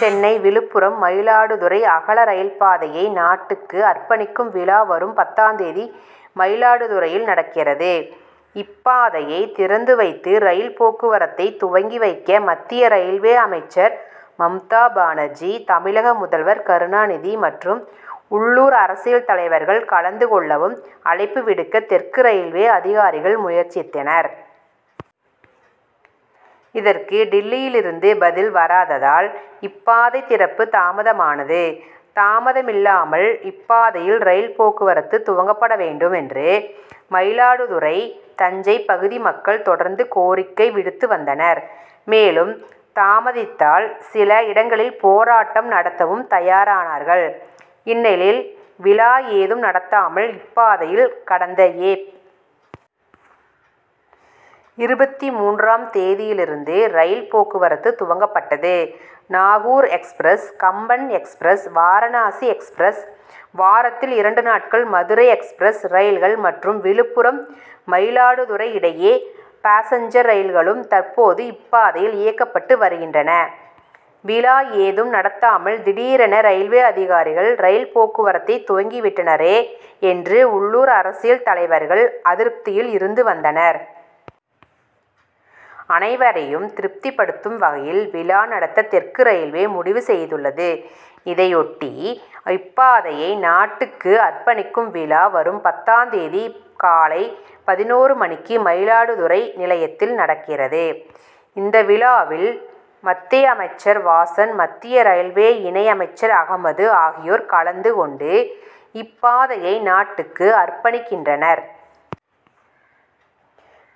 சென்னை விழுப்புரம் மயிலாடுதுறை அகல ரயில் பாதையை நாட்டுக்கு அர்ப்பணிக்கும் விழா வரும் பத்தாம் தேதி மயிலாடுதுறையில் நடக்கிறது. இப்பாதையை திறந்து வைத்து ரயில் போக்குவரத்தை துவங்கி வைக்க மத்திய ரயில்வே அமைச்சர் மம்தா பானர்ஜி தமிழக முதல்வர் கருணாநிதி மற்றும் உள்ளூர் அரசியல் தலைவர்கள் கலந்து கொள்ளவும் அழைப்பு விடுக்க தெற்கு ரயில்வே அதிகாரிகள் முயற்சித்தனர். இதற்கு டில்லியிலிருந்து பதில் வராததால் இப்பாதை திறப்பு தாமதமானது. தாமதமில்லாமல் இப்பாதையில் ரயில் போக்குவரத்து துவங்கப்பட வேண்டும் என்று மயிலாடுதுறை தஞ்சை பகுதி மக்கள் தொடர்ந்து கோரிக்கை விடுத்து வந்தனர். மேலும் தாமதித்தால் சில இடங்களில் போராட்டம் நடத்தவும் தயாரானார்கள். இந்நிலையில் விழா ஏதும் நடத்தாமல் இப்பாதையில் கடந்த ஏப். இருபத்தி மூன்றாம் தேதியிலிருந்து ரயில் போக்குவரத்து துவங்கப்பட்டது. Nagore express Kamban express Varanasi express வாரத்தில் இரண்டு நாட்கள் மதுரை எக்ஸ்பிரஸ் ரயில்கள் மற்றும் விழுப்புரம் மயிலாடுதுறை இடையே பாசஞ்சர் ரயில்களும் தற்போது இப்பாதையில் இயக்கப்பட்டு வருகின்றன. விழா ஏதும் நடத்தாமல் திடீரென ரயில்வே அதிகாரிகள் ரயில் போக்குவரத்தை துவங்கிவிட்டனரே என்று உள்ளூர் அரசியல் தலைவர்கள் அதிருப்தியில் இருந்து வந்தனர். அனைவரையும் திருப்திபடுத்தும் வகையில் விழா நடத்த தெற்கு ரயில்வே முடிவு செய்துள்ளது. இதையொட்டி இப்பாதையை நாட்டுக்கு அர்ப்பணிக்கும் விழா வரும் பத்தாம் தேதி காலை பதினொரு மணிக்கு மயிலாடுதுறை நிலையத்தில் நடக்கிறது. இந்த விழாவில் மத்திய அமைச்சர் வாசன் மத்திய ரயில்வே இணை அமைச்சர் அகமது ஆகியோர் கலந்து கொண்டு இப்பாதையை நாட்டுக்கு அர்ப்பணிக்கின்றனர்.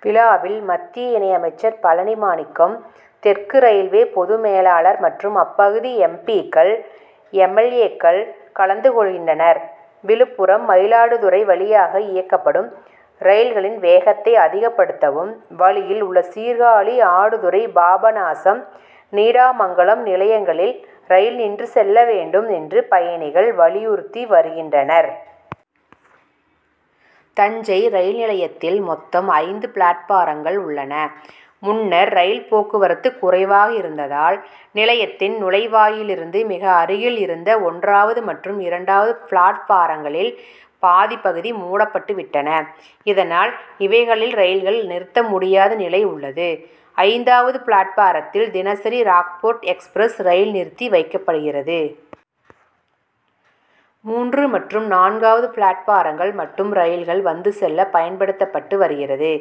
விழாவில் மத்திய இணை அமைச்சர் பழனி மாணிக்கம் தெற்கு ரயில்வே பொது மேலாளர் மற்றும் அப்பகுதி எம். பி.க்கள் எம். எல். ஏ.க்கள் கலந்து கொள்கின்றனர். விழுப்புரம் மயிலாடுதுறை வழியாக இயக்கப்படும் ரயில்களின் வேகத்தை அதிகப்படுத்தவும் வழியில் உள்ள சீர்காழி ஆடுதுறை பாபநாசம் நீடாமங்கலம் நிலையங்களில் ரயில் நின்று செல்ல வேண்டும் என்றும் பயணிகள் வலியுறுத்தி வருகின்றனர். தஞ்சை ரயில் நிலையத்தில் மொத்தம் ஐந்து பிளாட்பாரங்கள் உள்ளன. முன்னர் ரயில் போக்குவரத்து குறைவாக இருந்ததால் நிலையத்தின் நுழைவாயிலிருந்து மிக அருகில் இருந்த ஒன்றாவது மற்றும் இரண்டாவது பிளாட்பாரங்களில் பாதிப் பகுதி மூடப்பட்டுவிட்டன. இதனால் இவைகளில் ரயில்கள் நிறுத்த முடியாத நிலை உள்ளது. ஐந்தாவது பிளாட்பாரத்தில் தினசரி ராக்போர்ட் எக்ஸ்பிரஸ் ரயில் நிறுத்தி வைக்கப்படுகிறது. மூன்று மற்றும் நான்காவது பிளாட்பாரங்கள் மட்டும் ரயில்கள் வந்து செல்ல பயன்படுத்தப்பட்டு வருகிறது.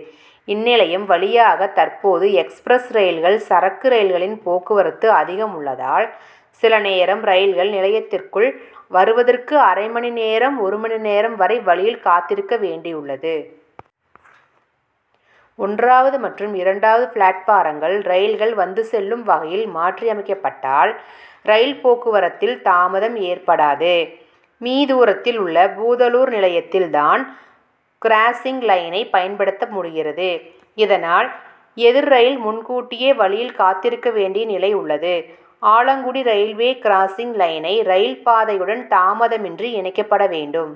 இந்நிலையம் வழியாக தற்போது எக்ஸ்பிரஸ் ரயில்கள் சரக்கு ரயில்களின் போக்குவரத்து அதிகம் உள்ளதால் சில நேரம் ரயில்கள் நிலையத்திற்குள் வருவதற்கு அரை மணி நேரம் ஒரு மணி நேரம் வரை வழியில் காத்திருக்க வேண்டியுள்ளது. ஒன்றாவது மற்றும் இரண்டாவது பிளாட்பாரங்கள் ரயில்கள் வந்து செல்லும் வகையில் மாற்றியமைக்கப்பட்டால் ரயில் போக்குவரத்தில் தாமதம் ஏற்படாது. மீ. தூரத்தில் உள்ள பூதலூர் நிலையத்தில் தான் கிராசிங் லைனை பயன்படுத்த முடிகிறது. இதனால் எதிர் ரயில் முன்கூட்டியே வழியில் காத்திருக்க வேண்டிய நிலை உள்ளது. ஆலக்குடி ரயில்வே கிராசிங் லைனை ரயில் பாதையுடன் தாமதமின்றி இணைக்கப்பட வேண்டும்.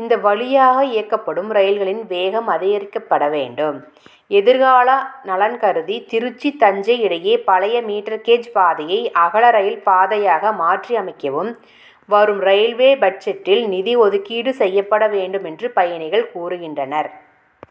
இந்த வழியாக இயக்கப்படும் ரயில்களின் வேகம் அதிகரிக்கப்பட வேண்டும். எதிர்கால நலன் கருதி திருச்சி தஞ்சை இடையே பழைய மீட்டர் கேஜ் பாதையை அகல ரயில் பாதையாக மாற்றியமைக்கவும் வரும் ரயில்வே பட்ஜெட்டில் நிதி ஒதுக்கீடு செய்யப்பட வேண்டும் என்றும் பயணிகள் கூறுகின்றனர்.